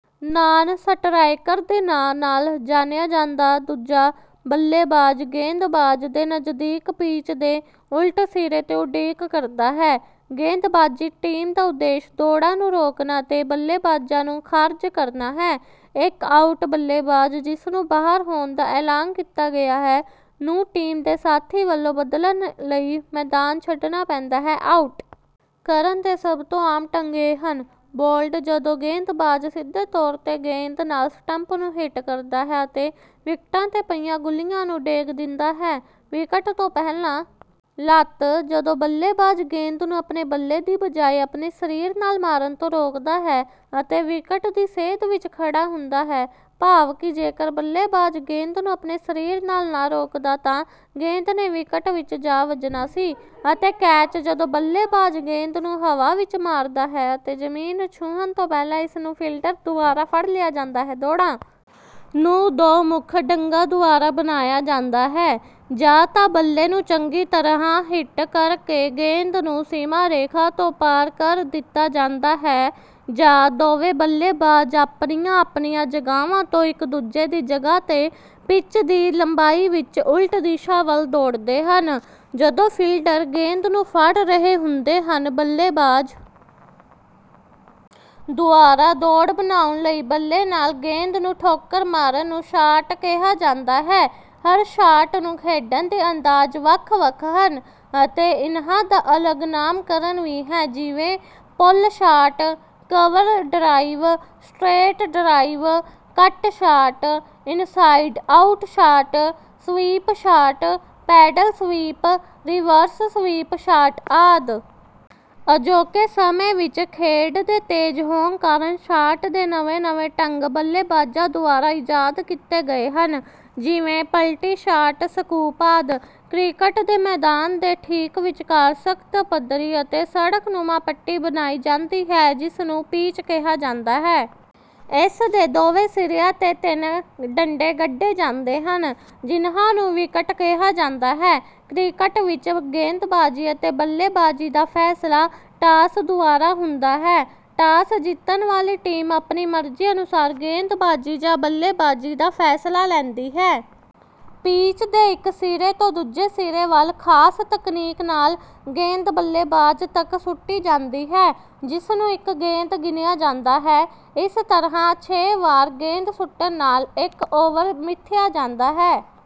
Non-striker ਦੇ ਨਾਂ ਨਾਲ ਜਾਣਿਆ ਜਾਂਦਾ ਦੂਜਾ ਬੱਲੇਬਾਜ਼, ਗੇਂਦਬਾਜ਼ ਦੇ ਨਜ਼ਦੀਕ ਪਿੱਚ ਦੇ ਉਲਟ ਸਿਰੇ ’ਤੇ ਉਡੀਕ ਕਰਦਾ ਹੈ। ਗੇਂਦਬਾਜ਼ੀ ਟੀਮ ਦਾ ਉਦੇਸ਼ ਦੌੜਾਂ ਨੂੰ ਰੋਕਣਾ ਅਤੇ ਬੱਲੇਬਾਜ਼ਾਂ ਨੂੰ ਖਾਰਜ ਕਰਨਾ ਹੈ। ਇੱਕ ਆਊਟ ਬੱਲੇਬਾਜ਼, ਜਿਸਨੂੰ “ਬਾਹਰ” ਹੋਣ ਦਾ ਐਲਾਨ ਕੀਤਾ ਗਿਆ ਹੈ, ਨੂੰ ਟੀਮ ਦੇ ਸਾਥੀ ਵੱਲੋਂ ਬਦਲਣ ਲਈ ਮੈਦਾਨ ਛੱਡਣਾ ਪੈਂਦਾ ਹੈ। ਆਊਟ ਕਰਨ ਦੇ ਸਭ ਤੋਂ ਆਮ ਢੰਗ ਇਹ ਹਨ: ਬੋਲਡ, ਜਦੋਂ ਗੇਂਦਬਾਜ਼ ਸਿੱਧੇ ਤੌਰ ’ਤੇ ਗੇਂਦ ਨਾਲ ਸਟੰਪ ਨੂੰ ਹਿੱਟ ਕਰਦਾ ਹੈ ਅਤੇ ਵਿਕਟਾਂ ’ਤੇ ਪਈਆਂ ਗੁੱਲੀਆਂ ਨੂੰ ਡੇਗ ਦਿੰਦਾ ਹੈ; ਵਿਕਟ ਤੋਂ ਪਹਿਲਾਂ ਲੱਤ, ਜਦੋਂ ਬੱਲੇਬਾਜ਼ ਗੇਂਦ ਨੂੰ ਆਪਣੇ ਬੱਲੇ ਦੀ ਬਜਾਏ ਆਪਣੇ ਸਰੀਰ ਨਾਲ ਮਾਰਨ ਤੋਂ ਰੋਕਦਾ ਹੈ ਅਤੇ ਵਿਕਟ ਦੀ ਸੇਧ ਵਿੱਚ ਖੜ੍ਹਾ ਹੁੰਦਾ ਹੈ, ਭਾਵ ਕਿ ਜੇਕਰ ਬੱਲੇਬਾਜ਼ ਗੇਂਦ ਨੂੰ ਆਪਣੇ ਸਰੀਰ ਨਾਲ ਨਾ ਰੋਕਦਾ ਤਾਂ ਗੇਂਦ ਨੇ ਵਿਕਟ ਵਿੱਚ ਜਾ ਵੱਜਣਾ ਸੀ; ਅਤੇ ਕੈਚ, ਜਦੋਂ ਬੱਲੇਬਾਜ਼ ਗੇਂਦ ਨੂੰ ਹਵਾ ਵਿੱਚ ਮਾਰਦਾ ਹੈ ਅਤੇ ਜ਼ਮੀਨ ਨੂੰ ਛੂਹਣ ਤੋਂ ਪਹਿਲਾਂ ਇਸ ਨੂੰ ਫੀਲਡਰ ਦੁਆਰਾ ਫੜ ਲਿਆ ਜਾਂਦਾ ਹੈ। ਦੌੜਾਂ ਨੂੰ ਦੋ ਮੁੱਖ ਡੰਗਾਂ ਦੁਆਰਾ ਬਣਾਇਆ ਜਾਂਦਾ ਹੈ। ਜਾਂ ਤਾਂ ਬੱਲੇ ਨੂੰ ਚੰਗੀ ਤਰ੍ਹਾਂ ਹਿੱਟ ਕਰਕੇ ਗੇਂਦ ਨੂੰ ਸੀਮਾ-ਰੇਖਾ ਤੋਂ ਪਾਰ ਕਰ ਦਿੱਤਾ ਜਾਂਦਾ ਹੈ, ਜਾਂ ਦੋਵੇਂ ਬੱਲੇਬਾਜ਼ ਆਪਣੀਆਂ-ਆਪਣੀਆਂ ਜਗ੍ਹਾਵਾਂ ਤੋਂ ਇੱਕ-ਦੂਜੇ ਦੀ ਜਗ੍ਹਾ ’ਤੇ ਪਿੱਚ ਦੀ ਲੰਬਾਈ ਵਿੱਚ ਉਲਟ ਦਿਸ਼ਾ ਵੱਲ ਦੌੜਦੇ ਹਨ, ਜਦੋਂ ਫੀਲਡਰ ਗੇਂਦ ਨੂੰ ਫੜ ਰਹੇ ਹੁੰਦੇ ਹਨ। ਬੱਲੇਬਾਜ਼ ਦੁਆਰਾ ਦੌੜ ਬਣਾਉਣ ਲਈ ਬੱਲੇ ਨਾਲ ਗੇਂਦ ਨੂੰ ਠੋਕਰ ਮਾਰਨ ਨੂੰ ਸ਼ਾਟ ਕਿਹਾ ਜਾਂਦਾ ਹੈ। ਹਰ ਸ਼ਾਟ ਨੂੰ ਖੇਡਣ ਦੇ ਅੰਦਾਜ਼ ਵੱਖ-ਵੱਖ ਹਨ ਅਤੇ ਇਨ੍ਹਾਂ ਦਾ ਅਲੱਗ ਨਾਮਕਰਨ ਵੀ ਹੈ, ਜਿਵੇਂ—ਪੁੱਲ shot, cover drive, straight drive, cut shot, inside out shot, sweep shot, paddle sweep, reverse sweep shot ਆਦਿ। ਅਜੋਕੇ ਸਮੇਂ ਵਿੱਚ ਖੇਡ ਦੇ ਤੇਜ਼ ਹੋਣ ਕਾਰਨ ਸ਼ਾਟ ਦੇ ਨਵੇਂ-ਨਵੇਂ ਢੰਗ ਬੱਲੇਬਾਜ਼ਾਂ ਦੁਆਰਾ ਇਜਾਦ ਕੀਤੇ ਗਏ ਹਨ, ਜਿਵੇਂ—ਪਲਟੀ ਸ਼ਾਟ, ਸਕੂਪ ਆਦਿ। ਕ੍ਰਿਕਟ ਦੇ ਮੈਦਾਨ ਦੇ ਠੀਕ ਵਿਚਕਾਰ ਸਖ਼ਤ, ਪੱਧਰੀ ਅਤੇ ਸੜਕ-ਨੁਮਾ ਪੱਟੀ ਬਣਾਈ ਜਾਂਦੀ ਹੈ, ਜਿਸਨੂੰ ਪਿੱਚ ਕਿਹਾ ਜਾਂਦਾ ਹੈ। ਇਸ ਦੇ ਦੋਵੇਂ ਸਿਰਿਆਂ ’ਤੇ ਤਿੰਨ ਡੰਡੇ ਗੱਡੇ ਜਾਂਦੇ ਹਨ, ਜਿਨ੍ਹਾਂ ਨੂੰ ਵਿਕਟ ਕਿਹਾ ਜਾਂਦਾ ਹੈ। ਕ੍ਰਿਕਟ ਵਿੱਚ ਗੇਂਦਬਾਜ਼ੀ ਅਤੇ ਬੱਲੇਬਾਜ਼ੀ ਦਾ ਫ਼ੈਸਲਾ ਟਾਸ ਦੁਆਰਾ ਹੁੰਦਾ ਹੈ। ਟਾਸ ਜਿੱਤਣ ਵਾਲੀ ਟੀਮ ਆਪਣੀ ਮਰਜ਼ੀ ਅਨੁਸਾਰ ਗੇਂਦਬਾਜ਼ੀ ਜਾਂ ਬੱਲੇਬਾਜ਼ੀ ਦਾ ਫ਼ੈਸਲਾ ਲੈਂਦੀ ਹੈ। ਪਿੱਚ ਦੇ ਇੱਕ ਸਿਰੇ ਤੋਂ ਦੂਜੇ ਸਿਰੇ ਵੱਲ ਖ਼ਾਸ ਤਕਨੀਕ ਨਾਲ ਗੇਂਦ ਬੱਲੇਬਾਜ਼ ਤੱਕ ਸੁੱਟੀ ਜਾਂਦੀ ਹੈ, ਜਿਸਨੂੰ ਇੱਕ ਗੇਂਦ ਗਿਣਿਆ ਜਾਂਦਾ ਹੈ। ਇਸ ਤਰ੍ਹਾਂ ਛੇ ਵਾਰ ਗੇਂਦ ਸੁੱਟਣ ਨਾਲ ਇੱਕ ਓਵਰ ਮਿਥਿਆ ਜਾਂਦਾ ਹੈ।